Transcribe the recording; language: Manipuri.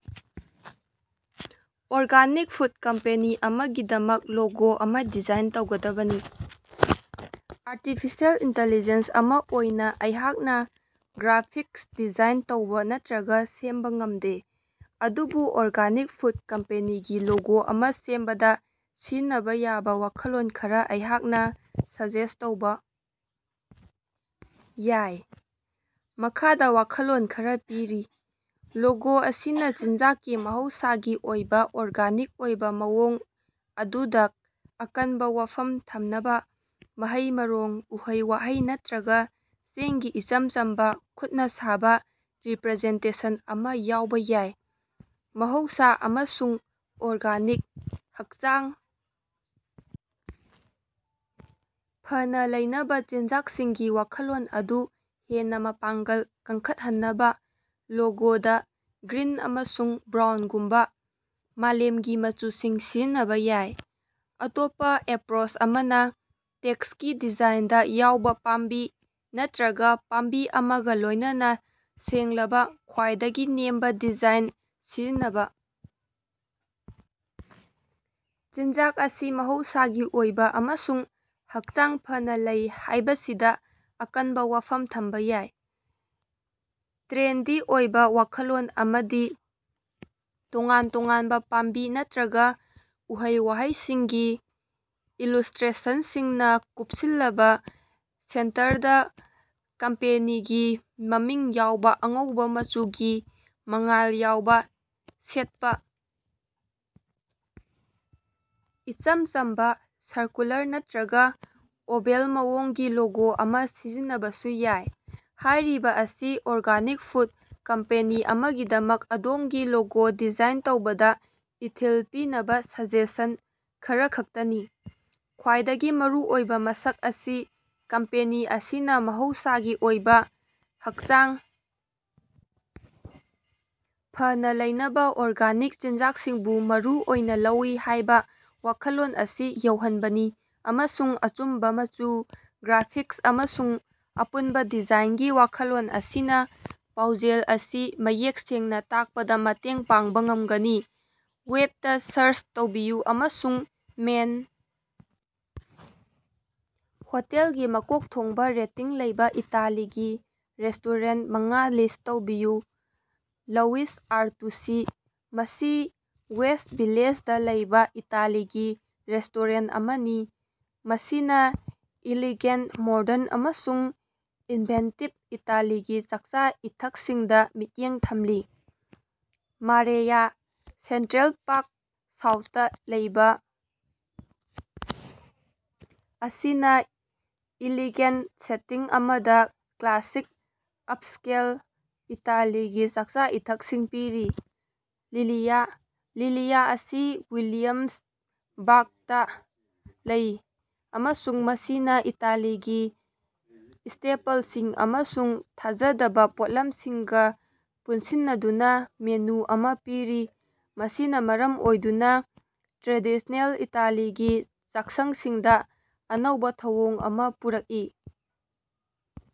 ꯑꯣꯔꯒꯥꯅꯤꯛ ꯐꯨꯠ ꯀꯝꯄꯦꯅꯤ ꯑꯃꯒꯤꯗꯃꯛ ꯂꯣꯒꯣ ꯑꯃꯥ ꯗꯤꯖꯥꯏꯟ ꯇꯧꯒꯗꯕꯅꯤ꯫ ꯑꯔꯇꯤꯐꯤꯁꯦꯜ ꯏꯟꯇꯤꯂꯤꯖꯦꯟꯁ ꯑꯃꯥ ꯑꯣꯏꯅꯥ ꯑꯩꯍꯥꯛꯅꯥ ꯒ꯭ꯔꯥꯐꯤꯛꯁ ꯗꯤꯖꯥꯏꯟ ꯇꯧꯕꯥ ꯅꯠꯇ꯭ꯔꯒꯥ ꯁꯦꯝꯕꯥ ꯉꯝꯗꯦ, ꯑꯗꯨꯕꯨ ꯑꯣꯔꯒꯥꯅꯤꯛ ꯐꯨꯠ ꯀꯝꯄꯦꯅꯤꯒꯤ ꯂꯣꯒꯣ ꯑꯃꯥ ꯁꯦꯝꯕꯗꯥ ꯁꯤꯖꯤꯟꯅꯕꯥ ꯌꯥꯕꯥ ꯋꯥꯈꯜꯂꯣꯟ ꯈꯔꯥ ꯑꯩꯍꯥꯛꯅꯥ ꯁꯖꯦꯁ ꯇꯧꯕꯥ ꯌꯥꯏ꯫ ꯃꯈꯥꯗꯥ ꯋꯥꯈꯜꯂꯣꯟ ꯈꯔꯥ ꯄꯤꯔꯤ: ꯂꯣꯒꯣ ꯑꯁꯤꯅꯥ ꯆꯤꯟꯖꯥꯛꯀꯤ ꯃꯍꯧꯁꯥꯒꯤ ꯑꯣꯏꯕꯥ, ꯑꯣꯔꯒꯥꯅꯤꯛ ꯑꯣꯏꯕꯥ ꯃꯑꯣꯡ ꯑꯗꯨꯗꯥ ꯑꯀꯟꯕꯥ ꯋꯥꯐꯝ ꯊꯝꯅꯕꯥ ꯃꯍꯩ-ꯃꯔꯣꯡ, ꯎꯍꯩ-ꯋꯥꯍꯩ ꯅꯠꯇ꯭ꯔꯒꯥ ꯆꯦꯡꯒꯤ ꯏꯆꯝ ꯆꯝꯕꯥ, ꯈꯨꯠꯅꯥ ꯁꯥꯕꯥ ꯔꯤꯄ꯭ꯔꯖꯦꯟꯇꯦꯁꯟ ꯑꯃꯥ ꯌꯥꯎꯕꯥ ꯌꯥꯏ꯫ ꯃꯍꯧꯁꯥ ꯑꯃꯁꯨꯡ ꯑꯣꯔꯒꯥꯅꯤꯛ, ꯍꯛꯆꯥꯡ ꯐꯅꯥ ꯂꯩꯅꯕꯥ ꯆꯤꯟꯖꯥꯛꯁꯤꯡꯒꯤ ꯋꯥꯈꯜꯂꯣꯟ ꯑꯗꯨ ꯍꯦꯟꯅꯥ ꯃꯄꯥꯡꯒꯜ ꯀꯟꯈꯠꯍꯟꯅꯕꯥ ꯂꯣꯒꯣꯗꯥ ꯒ꯭ꯔꯤꯟ ꯑꯃꯁꯨꯡ ꯕ꯭ꯔꯥꯎꯟꯒꯨꯝꯕꯥ ꯃꯥꯂꯦꯝꯒꯤ ꯃꯆꯨꯁꯤꯡ ꯁꯤꯖꯤꯟꯅꯕꯥ ꯌꯥꯏ꯫ ꯑꯇꯣꯞꯄꯥ ꯑꯦꯄ꯭ꯔꯣꯆ ꯑꯃꯅꯥ ꯇꯦꯛꯁ ꯀꯤ ꯗꯤꯖꯥꯏꯅꯗꯥ ꯌꯥꯎꯕꯥ ꯄꯥꯝꯕꯤ ꯅꯠꯇ꯭ꯔꯒꯥ ꯄꯥꯝꯕꯤ ꯑꯃꯒꯥ ꯂꯣꯏꯅꯅ ꯁꯦꯡꯂꯕꯥ, ꯈ꯭ꯋꯥꯏꯗꯒꯤ ꯅꯦꯝꯕꯥ ꯗꯤꯖꯥꯏꯟ ꯁꯤꯖꯤꯟꯅꯕꯥ, ꯆꯤꯟꯖꯥꯛ ꯑꯁꯤ ꯃꯍꯧꯁꯥꯒꯤ ꯑꯣꯏꯕꯥ ꯑꯃꯁꯨꯡ ꯍꯛꯆꯥꯡ ꯐꯅꯥ ꯂꯩ ꯍꯥꯏꯕꯁꯤꯗꯥ ꯑꯀꯟꯕꯥ ꯋꯥꯐꯝ ꯊꯝꯕꯥ ꯌꯥꯏ꯫ ꯇ꯭ꯔꯦꯟꯗꯤ ꯑꯣꯏꯕꯥ ꯋꯥꯈꯜꯂꯣꯟ ꯑꯃꯗꯤ ꯇꯣꯉꯥꯟ ꯇꯣꯉꯥꯟꯕꯥ ꯄꯥꯝꯕꯤ ꯅꯠꯇ꯭ꯔꯒꯥ ꯎꯍꯩ-ꯋꯥꯍꯩꯁꯤꯡꯒꯤ ꯏꯂꯨꯁꯇ꯭ꯔꯦꯁꯟꯁꯤꯡꯅꯥ ꯀꯨꯞꯁꯤꯜꯂꯕꯥ ꯁꯦꯟꯇꯔꯗꯥ ꯀꯝꯄꯦꯅꯤꯒꯤ ꯃꯃꯤꯡ ꯌꯥꯎꯕꯥ ꯑꯉꯧꯕꯥ ꯃꯆꯨꯒꯤ ꯃꯉꯥꯜ ꯌꯥꯎꯕꯥ ꯁꯦꯠꯄꯥ ꯏꯆꯝ ꯆꯝꯕꯥ, ꯁꯔꯀꯨꯂꯥꯔ ꯅꯠꯇ꯭ꯔꯒꯥ ꯑꯣꯚꯜ ꯃꯑꯣꯡꯒꯤ ꯂꯣꯒꯣ ꯑꯃꯥ ꯁꯤꯖꯤꯟꯅꯕꯁꯨ ꯌꯥꯏ꯫ ꯍꯥꯏꯔꯤꯕꯥ ꯑꯁꯤ ꯑꯣꯔꯒꯥꯅꯤꯛ ꯐꯨꯗ ꯀꯝꯄꯦꯅꯤ ꯑꯃꯒꯤꯗꯃꯛ ꯑꯗꯣꯝꯒꯤ ꯂꯣꯒꯣ ꯗꯤꯖꯥꯏꯟ ꯇꯧꯕꯗꯥ ꯏꯊꯤꯜ ꯄꯤꯅꯕꯥ ꯁꯖꯦꯁꯟ ꯈꯔꯈꯛꯇꯅꯤ꯫ ꯈ꯭ꯋꯥꯏꯗꯒꯤ ꯃꯔꯨꯑꯣꯏꯕꯥ ꯃꯁꯛ ꯑꯁꯤ ꯀꯝꯄꯦꯅꯤ ꯑꯁꯤꯅꯥ ꯃꯍꯧꯁꯥꯒꯤ ꯑꯣꯏꯕꯥ, ꯍꯛꯆꯥꯡ ꯐꯅꯥ ꯂꯩꯅꯕꯥ ꯑꯣꯔꯒꯥꯅꯤꯛ ꯆꯤꯟꯖꯥꯛꯁꯤꯡꯕꯨ ꯃꯔꯨ ꯑꯣꯏꯅꯥ ꯂꯧꯏ ꯍꯥꯏꯕꯥ ꯋꯥꯈꯜꯂꯣꯟ ꯑꯁꯤ ꯌꯧꯍꯟꯕꯅꯤ, ꯑꯃꯁꯨꯡ ꯑꯆꯨꯝꯕꯥ ꯃꯆꯨ, ꯒ꯭ꯔꯥꯐꯤꯛꯁ ꯑꯃꯁꯨꯡ ꯑꯄꯨꯟꯕꯥ ꯗꯤꯖꯥꯏꯟꯒꯤ ꯋꯥꯈꯜꯂꯣꯟ ꯑꯁꯤꯅꯥ ꯄꯥꯎꯖꯦꯜ ꯑꯁꯤ ꯃꯌꯦꯛ ꯁꯦꯡꯅꯥ ꯇꯥꯛꯄꯗꯥ ꯃꯇꯦꯡ ꯄꯥꯡꯕꯥ ꯉꯝꯒꯅꯤ꯫ ꯋꯦꯕꯇꯥ ꯁꯥꯔꯆ ꯇꯧꯕꯤꯌꯨ ꯑꯃꯁꯨꯡ ꯃꯦꯟ ꯍꯣꯇꯦꯜꯒꯤ ꯃꯀꯣꯛ ꯊꯣꯡꯕꯥ ꯔꯦꯇꯤꯡ ꯂꯩꯕꯥ ꯏꯇꯥꯂꯤꯒꯤ ꯔꯦꯁꯇꯣꯔꯦꯟꯇ ꯃꯉꯥ ꯂꯤꯁ ꯇꯧꯕꯤꯌꯨ꯫ ꯂꯧꯋꯤꯁ ꯑꯥꯔꯇꯨꯁꯤ: ꯃꯁꯤ ꯋꯦꯁ ꯚꯤꯂꯦꯖꯗꯥ ꯂꯩꯕꯥ ꯏꯇꯥꯂꯤꯒꯤ ꯔꯦꯁꯇꯣꯔꯦꯟꯇ ꯑꯃꯅꯤ ꯃꯁꯤꯅꯥ ꯏꯂꯤꯒꯦꯟꯇ, ꯃꯣꯗ꯭ꯔꯟ ꯑꯃꯁꯨꯡ ꯏꯟꯚꯦꯟꯇꯤꯕ ꯏꯇꯥꯂꯤꯒꯤ ꯆꯥꯛꯆꯥ-ꯏꯊꯛꯁꯤꯡꯗꯥ ꯃꯤꯠꯌꯦꯡ ꯊꯝꯂꯤ꯫ ꯃꯥꯔꯦꯌꯥ: ꯁꯦꯟꯇ꯭ꯔꯦꯜ ꯄꯥꯛ ꯁꯥꯎꯠꯇꯥ ꯂꯩꯕꯥ, ꯑꯁꯤꯅꯥ ꯏꯂꯤꯒꯦꯟꯇ ꯁꯦꯇꯤꯡ ꯑꯃꯗꯥ ꯀ꯭ꯂꯥꯁꯤꯛ ꯑꯞꯁꯀꯦꯜ ꯏꯇꯥꯂꯤꯒꯤ ꯆꯥꯛꯆꯥ-ꯏꯊꯛꯁꯤꯡ ꯄꯤꯔꯤ꯫ ꯂꯤꯂꯤꯌꯥ: ꯂꯤꯂꯤꯌꯥ ꯑꯁꯤ ꯋꯤꯂꯤꯌꯝꯁꯕ꯭ꯔꯛꯇꯥ ꯂꯩ ꯑꯃꯁꯨꯡ ꯃꯁꯤꯅꯥ ꯏꯇꯥꯂꯤꯒꯤ ꯁ꯭ꯇꯦꯄꯜꯁꯤꯡ ꯑꯃꯁꯨꯡ ꯊꯥꯖꯗꯕꯥ ꯄꯣꯠꯂꯝꯁꯤꯡꯒꯥ ꯄꯨꯟꯁꯤꯟꯅꯗꯨꯅꯥ ꯃꯦꯅꯨ ꯑꯃꯥ ꯄꯤꯔꯤ, ꯃꯁꯤꯅꯥ ꯃꯔꯝ ꯑꯣꯏꯗꯨꯅꯥ ꯇ꯭ꯔꯦꯗꯤꯁꯅꯦꯜ ꯏꯇꯥꯂꯤꯒꯤ ꯆꯥꯛꯁꯪꯁꯤꯡꯗꯥ ꯑꯅꯧꯕꯥ ꯊꯧꯑꯣꯡ ꯑꯃꯥ ꯄꯨꯔꯛꯏ꯫